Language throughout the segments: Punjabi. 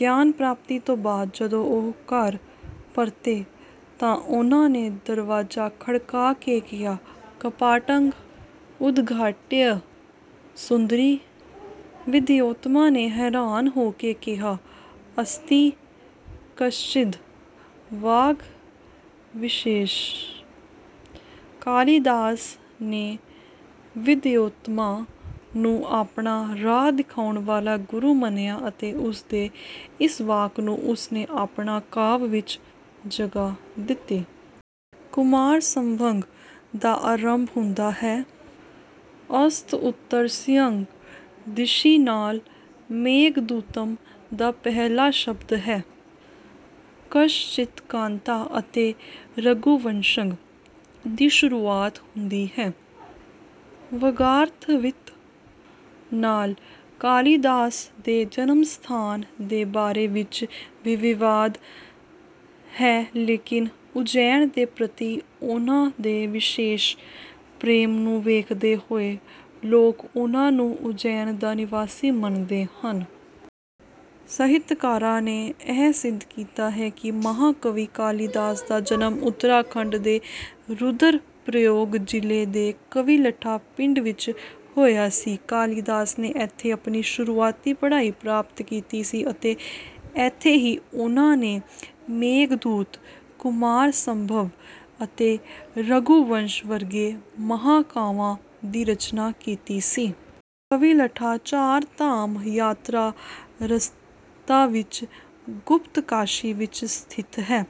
ਗਿਆਨ ਪ੍ਰਾਪਤੀ ਤੋਂ ਬਾਅਦ ਜਦੋਂ ਉਹ ਘਰ ਪਰਤੇ ਤਾਂ ਉਨ੍ਹਾਂ ਨੇ ਦਰਵਾਜਾ ਖੜਕਾ ਕੇ ਕਿਹਾ ਕਪਾਟੰ ਉਦਘਾਟਿਅ ਸੁੰਦਰੀ। ਵਿਦਯੋੱਤਮਾ ਨੇ ਹੈਰਾਨ ਹੋਕੇ ਕਿਹਾ ਅਸਤੀ ਕਸ਼ਚਿਦ ਵਾਗਵਿਸ਼ੇਸ਼। ਕਾਲੀਦਾਸ ਨੇ ਵਿਦਯੋੱਤਮਾ ਨੂੰ ਆਪਣਾ ਰਾਹ ਦਿਖਾਉਣ ਵਾਲਾ ਗੁਰੂ ਮੰਨਿਆ ਅਤੇ ਉਸਦੇ ਇਸ ਵਾਕ ਨੂੰ ਉਸ ਨੇ ਆਪਣੇ ਕਾਵ ਵਿੱਚ ਜਗ੍ਹਾ ਦਿੱਤੀ। ਕੁਮਾਰਸੰਭਵੰ ਦਾ ਅਰੰਭ ਹੁੰਦਾ ਹੈ ਅਸਤਿਉੱਤਰਸਿਆੰ ਦਿਸ਼ਿ ਨਾਲ ਮੇਘਦੂਤਮ ਦਾ ਪਹਿਲਾ ਸ਼ਬਦ ਹੈ ਕਸ਼ਚਿਤਕਾਂਤਾ ਅਤੇ ਰਘੁਵੰਸ਼ੰ ਦੀ ਸ਼ੁਰੁਆਤ ਹੁੰਦੀ ਹੈ ਵਾਗਾਰਥਵਿਵ ਨਾਲ। ਕਾਲੀਦਾਸ ਦੇ ਜਨਮਸਥਾਨ ਦੇ ਬਾਰੇ ਵਿੱਚ ਵੀ ਵਿਵਾਦ ਹੈ ਲੇਕਿਨ ਉੱਜੈਨ ਦੇ ਪ੍ਰਤੀ ਉਨ੍ਹਾਂ ਦੇ ਵਿਸ਼ੇਸ਼ ਪ੍ਰੇਮ ਨੂੰ ਵੇਖਦੇ ਹੋਏ ਲੋਕ ਉਨ੍ਹਾਂ ਨੂੰ ਉੱਜੈਨ ਦਾ ਨਿਵਾਸੀ ਮੰਨਦੇ ਹਨ। ਸਾਹਿਤਕਾਰਾਂ ਨੇ ਇਹ ਸਿੱਧ ਕੀਤਾ ਹੈ ਕਿ ਮਹਾਕਵੀ ਕਾਲੀਦਾਸ ਦਾ ਜਨਮ ਉਤਰਾਖੰਡ ਦੇ ਰੁਦਰਪ੍ਰਯਾਗ ਜਿਲ੍ਹੇ ਦੇ ਕਵਿਲਠਾ ਪਿੰਡ ਵਿੱਚ ਹੋਇਆ ਸੀ। ਕਾਲੀਦਾਸ ਨੇ ਇੱਥੇ ਆਪਣੀ ਸ਼ੁਰੂਆਤੀ ਪੜ੍ਹਾਈ ਪ੍ਰਾਪਤ ਕੀਤੀ ਸੀ ਅਤੇ ਇੱਥੇ ਹੀ ਉਨ੍ਹਾਂ ਨੇ ਮੇਘਦੂਤ ਕੁਮਾਰਸੰਭਵ ਅਤੇ ਰਘੂਵੰਸ਼ ਵਰਗੇ ਮਹਾਂਕਾਵਾਂ ਦੀ ਰਚਨਾ ਕੀਤੀ ਸੀ। ਕਵਿਲਠਾ ਚਾਰਧਾਮ ਯਾਤਰਾ ਰਸਤਾ ਵਿੱਚ ਗੁਪਤਕਾਸ਼ੀ ਵਿੱਚ ਸਥਿਤ ਹੈ।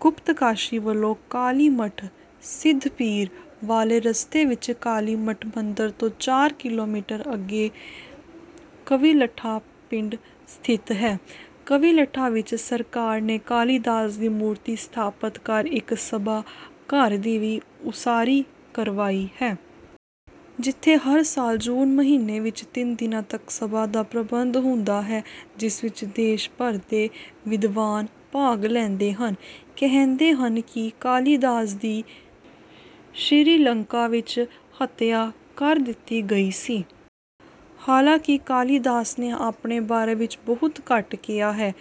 ਗੁਪਤਕਾਸ਼ੀ ਵਲੋਂ ਕਾਲੀਮਠ ਸਿੱਧਪੀਰ ਵਾਲੇ ਰਸਤੇ ਵਿੱਚ ਕਾਲੀਮਠ ਮੰਦਿਰ ਤੋਂ ਚਾਰ ਕਿਲੋਮੀਟਰ ਅੱਗੇ ਕਵਿਲਠਾ ਪਿੰਡ ਸਥਿਤ ਹੈ। ਕਵਿਲਠਾ ਵਿੱਚ ਸਰਕਾਰ ਨੇ ਕਾਲੀਦਾਸ ਦੀ ਮੂਰਤੀ ਸਥਾਪਤ ਕਰ ਇੱਕ ਸਭਾ ਘਰ ਦੀ ਵੀ ਉਸਾਰੀ ਕਰਵਾਈ ਹੈ। ਜਿੱਥੇ ਹਰ ਸਾਲ ਜੂਨ ਮਹੀਨੇ ਵਿੱਚ ਤਿੰਨ ਦਿਨਾਂ ਤੱਕ ਸਭਾ ਦਾ ਪ੍ਰਬੰਧ ਹੁੰਦਾ ਹੈ ਜਿਸ ਵਿੱਚ ਦੇਸ਼ ਭਰ ਦੇ ਵਿਦਵਾਨ ਭਾਗ ਲੈਂਦੇ ਹਨ। ਕਹਿੰਦੇ ਹਨ ਕਿ ਕਾਲੀਦਾਸ ਦੀ ਸ਼ਿਰੀਲੰਕਾ ਵਿੱਚ ਹੱਤਿਆ ਕਰ ਦਿੱਤੀ ਗਈ ਸੀ। ਹਾਲਾਂਕਿ ਕਾਲੀਦਾਸ ਨੇ ਆਪਣੇ ਬਾਰੇ ਵਿੱਚ ਬਹੁਤ ਘੱਟ ਕਿਹਾ ਹੈ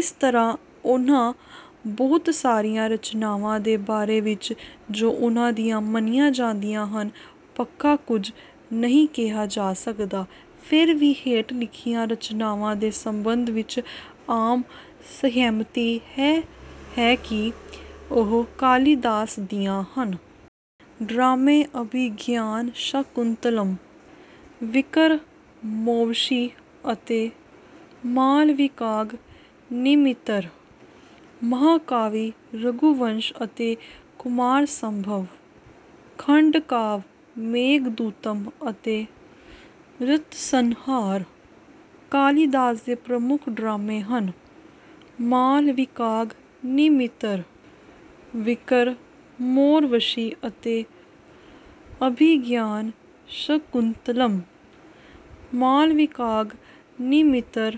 ਇਸ ਤਰ੍ਹਾਂ ਉਨ੍ਹਾਂ ਬਹੁਤ ਸਾਰੀਆਂ ਰਚਨਾਵਾਂ ਦੇ ਬਾਰੇ ਵਿੱਚ ਜੋ ਉਨ੍ਹਾਂ ਦੀਆਂ ਮੰਨੀਆਂ ਜਾਂਦੀਆਂ ਹਨ ਪੱਕਾ ਕੁੱਝ ਨਹੀਂ ਕਿਹਾ ਜਾ ਸਕਦਾ। ਫਿਰ ਵੀ ਹੇਠ ਲਿਖੀਆਂ ਰਚਨਾਵਾਂ ਦੇ ਸੰਬੰਧ ਵਿੱਚ ਆਮ ਸਹਿਮਤੀ ਇਹ ਹੈ ਕਿ ਉਹ ਕਾਲੀਦਾਸ ਦੀਆਂ ਹਨ। ਡਰਾਮੇ ਅਭਿਗਿਆਨਸ਼ਾਕੁੰਤਲਮ ਵਿਕਰਮੋਵਸ਼ੀ ਅਤੇ ਮਾਲਵਿਕਾਗਨਿਮਿਤਰ। ਮਹਾਂਕਾਵਿ ਰਘੁਵੰਸ਼ ਅਤੇ ਕੁਮਾਰਸੰਭਵ। ਖੰਡਕਾਵ ਮੇਘਦੂਤਮ ਅਤੇ ਰਿਤਸੰਹਾਰ। ਕਾਲੀਦਾਸ ਦੇ ਪ੍ਰਮੁੱਖ ਡਰਾਮੇ ਹਨ ਮਾਲਵਿਕਾਗਨਿਮਿਤਰ ਵਿਕਰਮੋਰਵਸ਼ੀ ਅਤੇ ਅਭਿਗਿਆਨਸ਼ਕੁੰਤਲਮ। ਮਾਲਵਿਕਾਗਨਿਮਿਤਰ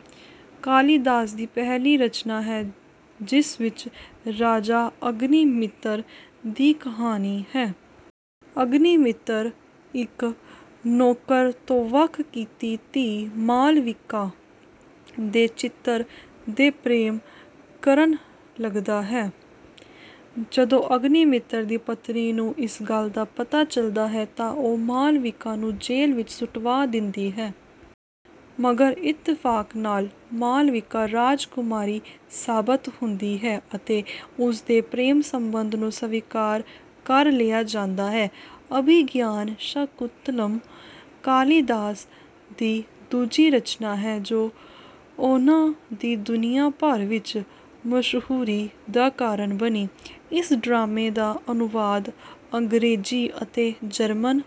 ਕਾਲੀਦਾਸ ਦੀ ਪਹਿਲੀ ਰਚਨਾ ਹੈ ਜਿਸ ਵਿੱਚ ਰਾਜਾ ਅਗਨੀਮਿਤਰ ਦੀ ਕਹਾਣੀ ਹੈ। ਅਗਨੀਮਿਤਰ ਇੱਕ ਨੌਕਰ ਤੋਂ ਵੱਖ ਕੀਤੀ ਧੀ ਮਾਲਵਿਕਾ ਦੇ ਚਿੱਤਰ ਦੇ ਪ੍ਰੇਮ ਕਰਨ ਲੱਗਦਾ ਹੈ। ਜਦੋਂ ਅਗਨੀਮਿਤਰ ਦੀ ਪਤਨੀ ਨੂੰ ਇਸ ਗੱਲ ਦਾ ਪਤਾ ਚੱਲਦਾ ਹੈ ਤਾਂ ਉਹ ਮਾਲਵਿਕਾ ਨੂੰ ਜੇਲ੍ਹ ਵਿੱਚ ਸੁਟਵਾ ਦਿੰਦੀ ਹੈ। ਮਗਰ ਇਤਫਾਕ ਨਾਲ ਮਾਲਵਿਕਾ ਰਾਜਕੁਮਾਰੀ ਸਾਬਤ ਹੁੰਦੀ ਹੈ ਅਤੇ ਉਸਦੇ ਪ੍ਰੇਮ ਸੰਬੰਧ ਨੂੰ ਸਵੀਕਾਰ ਕਰ ਲਿਆ ਜਾਂਦਾ ਹੈ। ਅਭਿਗਿਆਨ ਸ਼ਾਕੁੰਤਲਮ ਕਾਲੀਦਾਸ ਦੀ ਦੂਜੀ ਰਚਨਾ ਹੈ ਜੋ ਉਨ੍ਹਾਂ ਦੀ ਦੁਨੀਆਂ ਭਰ ਵਿੱਚ ਮਸ਼ਹੂਰੀ ਦਾ ਕਾਰਨ ਬਣੀ। ਇਸ ਡਰਾਮੇ ਦਾ ਅਨੁਵਾਦ ਅੰਗਰੇਜ਼ੀ ਅਤੇ ਜਰਮਨ